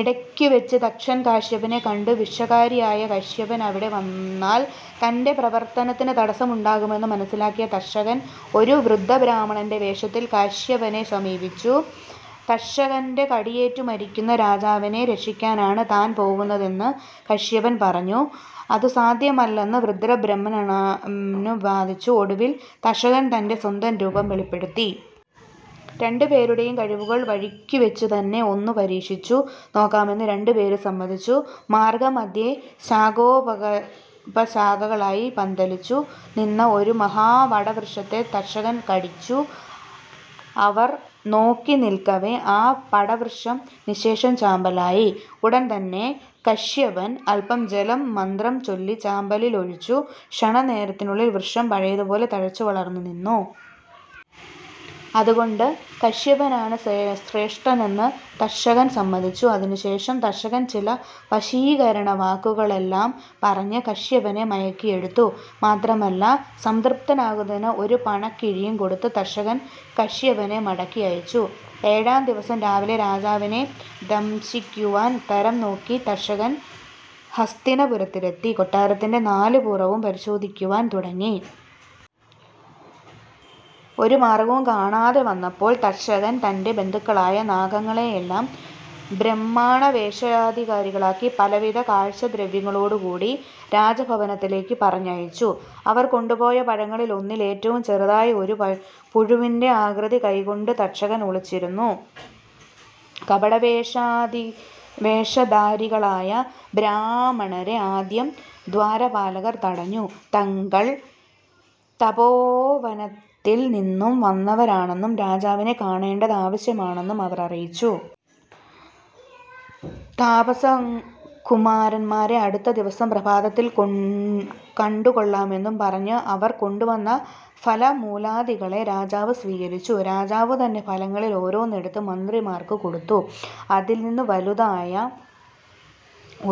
ഇടയ്ക്കുവച്ച് തക്ഷകൻ കശ്യപനെ കണ്ടു. വിഷഹാരിയായ കശ്യപൻ അവിടെ വന്നാൽ തന്റെ പ്രവർത്തനത്തിനു തടസ്സമുണ്ടാകുമെന്നു മനസ്സിലാക്കിയ തക്ഷകൻ ഒരു വൃദ്ധബ്രാഹ്മണന്റെ വേഷത്തിൽ കശ്യപനെ സമീപിച്ചു. തക്ഷകന്റെ കടിയേറ്റു മരിക്കുന്ന രാജാവിനെ രക്ഷിക്കാനാണ് താൻ പോകുന്നതെന്നു കശ്യപൻ പറഞ്ഞു. അതു സാധ്യമല്ലെന്ന് വൃദ്ധബ്രാഹ്മണനും വാദിച്ചു. ഒടുവിൽ തക്ഷകൻ തന്റെ സ്വന്തരൂപം വെളിപ്പെടുത്തി. രണ്ടുപേരുടേയും കഴിവുകൾ വഴിക്കുവച്ചുതന്നെ ഒന്നു പരീക്ഷിച്ചു നോക്കാമെന്നു രണ്ടു പേരും സമ്മതിച്ചു. മാർഗ്ഗമധ്യേ ശാഖോപശാഖകളായി പന്തലിച്ചു നിന്ന ഒരു മഹാവടവൃക്ഷത്തെ തക്ഷകൻ കടിച്ചു. അവർ നോക്കി നില്ക്കവേ ആ വടവൃക്ഷം നിശ്ശേഷം ചാമ്പലായി. ഉടൻതന്നെ കശ്യപൻ അല്പം ജലം മന്ത്രം ചൊല്ലി ചാമ്പലിൽ ഒഴിച്ചു. ക്ഷണ നേരത്തിനുള്ളിൽ വൃക്ഷം പഴയതുപോലെ തഴച്ചുവളർന്നു നിന്നു. അതുകണ്ട് കശ്യപനാണ് ശ്രേഷ്ഠനെന്ന് തക്ഷകൻ സമ്മതിച്ചു. അതിനുശേഷം തക്ഷകൻ ചില വശീകരണവാക്കുകളെല്ലാം പറഞ്ഞ് കശ്യപനെ മയക്കിയെടുത്തു. മാത്രമല്ല, സംതൃപ്തനാക്കുന്നതിന് ഒരു പണക്കിഴിയും കൊടുത്ത് തക്ഷകൻ കശ്യപനെ മടക്കി അയച്ചു. ഏഴാം ദിവസം രാവിലെ രാജാവിനെ ദംശിക്കുവാൻ തരം നോക്കി തക്ഷകൻ ഹസ്തിനപുരത്തിലെത്തി. കൊട്ടാരത്തിന്റെ നാലു പുറവും പരിശോധിക്കുവാൻ തുടങ്ങി. ഒരു മാർഗവും കാണാതെ വന്നപ്പോൾ തക്ഷകൻ തന്റെ ബന്ധുക്കളായ നാഗങ്ങളെയെല്ലാം ബ്രാഹ്മണവേഷധാരികളാക്കി പലവിധ കാഴ്ചദ്രവ്യങ്ങളോടുകൂടി രാജഭവനത്തിലേക്കു പറഞ്ഞയച്ചു. അവർ കൊണ്ടുപോയ പഴങ്ങളിൽ ഒന്നിൽ ഏറ്റവും ചെറുതായ ഒരു പുഴുവിന്റെ ആകൃതി കൈ ക്കൊണ്ട് തക്ഷകൻ ഒളിച്ചിരുന്നു. കപടവേഷധാരികളായ ബ്രാഹ്മണരെ ആദ്യം ദ്വാരപാലകർ തടഞ്ഞു. തങ്ങൾ തപോവനത്തിൽ നിന്നു വന്നവരാണെന്നും രാജാവിനെ കാണേണ്ടത് ആവശ്യമാണെന്നും അവർ അറിയിച്ചു. താപസകുമാരന്മാരെ അടുത്ത ദിവസം പ്രഭാതത്തിൽ കണ്ടുകൊള്ളാമെന്നു പറഞ്ഞ് അവർ കൊണ്ടുവന്ന ഫലമൂലാദികളെ രാജാവ് സ്വീകരിച്ചു. രാജാവുതന്നെ ഫലങ്ങളിൽ ഓരോന്നെടുത്ത് മന്ത്രിമാർക്കു കൊടുത്തു. അതിൽനിന്ന് വലുതായ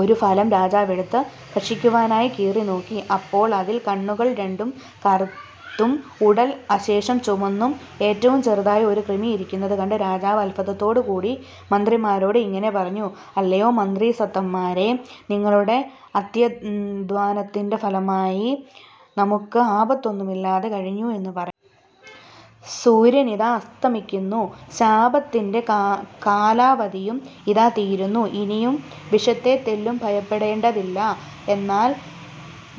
ഒരു ഫലം രാജാവുമെടുത്തു ഭക്ഷിക്കുവാനായി കീറിനോക്കി. അപ്പോൾ അതിൽ കണ്ണുകൾ രണ്ടും കറുത്തും ഉടൽ അശേഷം ചുവന്നും ഏറ്റവും ചെറുതായ ഒരു കൃമി ഇരിക്കുന്നതുകണ്ട് രാജാവ് അത്ഭുതത്തോടുകൂടി മന്ത്രിമാരോട് ഇങ്ങനെ പറഞ്ഞു: "അല്ലയോ മന്ത്രിസത്തമരേ, നിങ്ങളുടെ അത്യധ്വാനത്തിന്റെ ഫലമായി നമുക്ക് ആപത്തൊന്നും ഇല്ലാതെ കഴിഞ്ഞു എന്നു പറയാം. സൂര്യനിതാ അസ്തമിക്കുന്നു. ശാപത്തിന്റെ കാലാവധിയും ഇതാ തീരുന്നു. ഇനിയും വിഷത്തെ തെല്ലും ഭയപ്പെടേണ്ടതില്ല. എന്നാൽ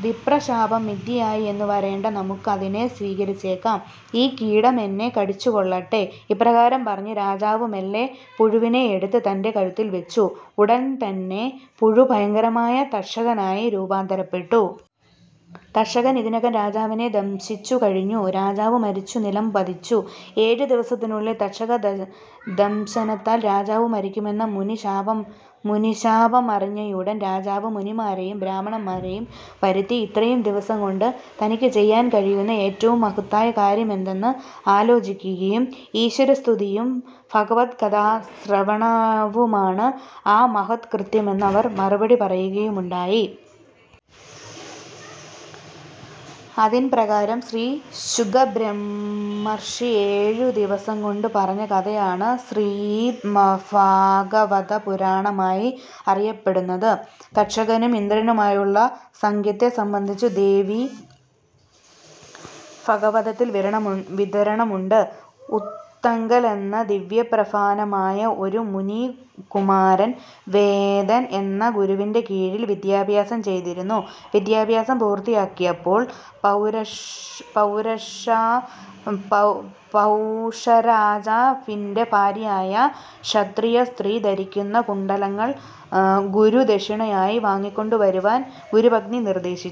വിപ്രശാപം മിഥ്യയായി എന്നു വരേണ്ട. നമുക്ക് അതിനെ സ്വീകരിച്ചേക്കാം. ഈ കീടം എന്നെ കടിച്ചുകൊള്ളട്ടെ. ഇപ്രകാരം പറഞ്ഞ് രാജാവ് മെല്ലെ പുഴുവിനെ എടുത്ത് തന്റെ കഴുത്തിൽ വച്ചു. ഉടൻതന്നെ പുഴു ഭയങ്കരമായ തക്ഷകനായി രൂപാന്തരപ്പെട്ടു. തക്ഷകൻ ഇതിനകം രാജാവിനെ ദംശിച്ചു കഴിഞ്ഞു. രാജാവ് മരിച്ചു നിലം പതിച്ചു. ഏഴു ദിവസത്തിനുള്ളിൽ തക്ഷക ദംശനത്താൽ രാജാവു മരിക്കുമെന്ന മുനി ശാപമറിഞ്ഞയുടൻ രാജാവ് മുനിമാരേയും ബ്രാഹ്മണരേയും വരുത്തി ഇത്രയും ദിവസംകൊണ്ട് തനിക്കു ചെയ്യാൻ കഴിയുന്ന ഏറ്റവും മഹത്തായ കാര്യമെന്തെന്ന് ആലോചിക്കുകയും ഈശ്വരസ്തുതിയും ഭഗവത്കഥാ ശ്രവണവുമാണ് ആ മഹത് കൃത്യമെന്ന് അവർ മറുപടി പറയുകയുമുണ്ടായി. അതിൻപ്രകാരം ശ്രീ ശുകബ്രഹ്മർഷി ഏഴു ദിവസം കൊണ്ട് പറഞ്ഞ കഥയാണ് ശ്രീമദ്ഭാഗവതപുരാണമായി അറിയപ്പെടുന്നത്. തക്ഷകനും ഇന്ദ്രനുമായുള്ള സഖ്യത്തെ സംബന്ധിച്ചും ദേവീ ഭാഗവതത്തിൽ വിവരണമുണ്ട്. ഉത്തങ്കൻ എന്ന ദിവ്യപ്രഭാവനായ ഒരു മുനികുമാരൻ വേദൻ എന്ന ഗുരുവിന്റെ കീഴിൽ വിദ്യാഭ്യാസം ചെയ്തിരുന്നു. വിദ്യാഭ്യാസം പൂർത്തിയാക്കിയപ്പോൾ പൗഷരാജാ വിന്റെ ഭാര്യയായ ക്ഷത്രിയസ്ത്രീ ധരിക്കുന്ന കുണ്ഡലങ്ങൾ ഗുരുദക്ഷിണയായി വാങ്ങിക്കൊണ്ടു വരുവാൻ ഗുരുപത്നി നിർദേ ശിച്ചു.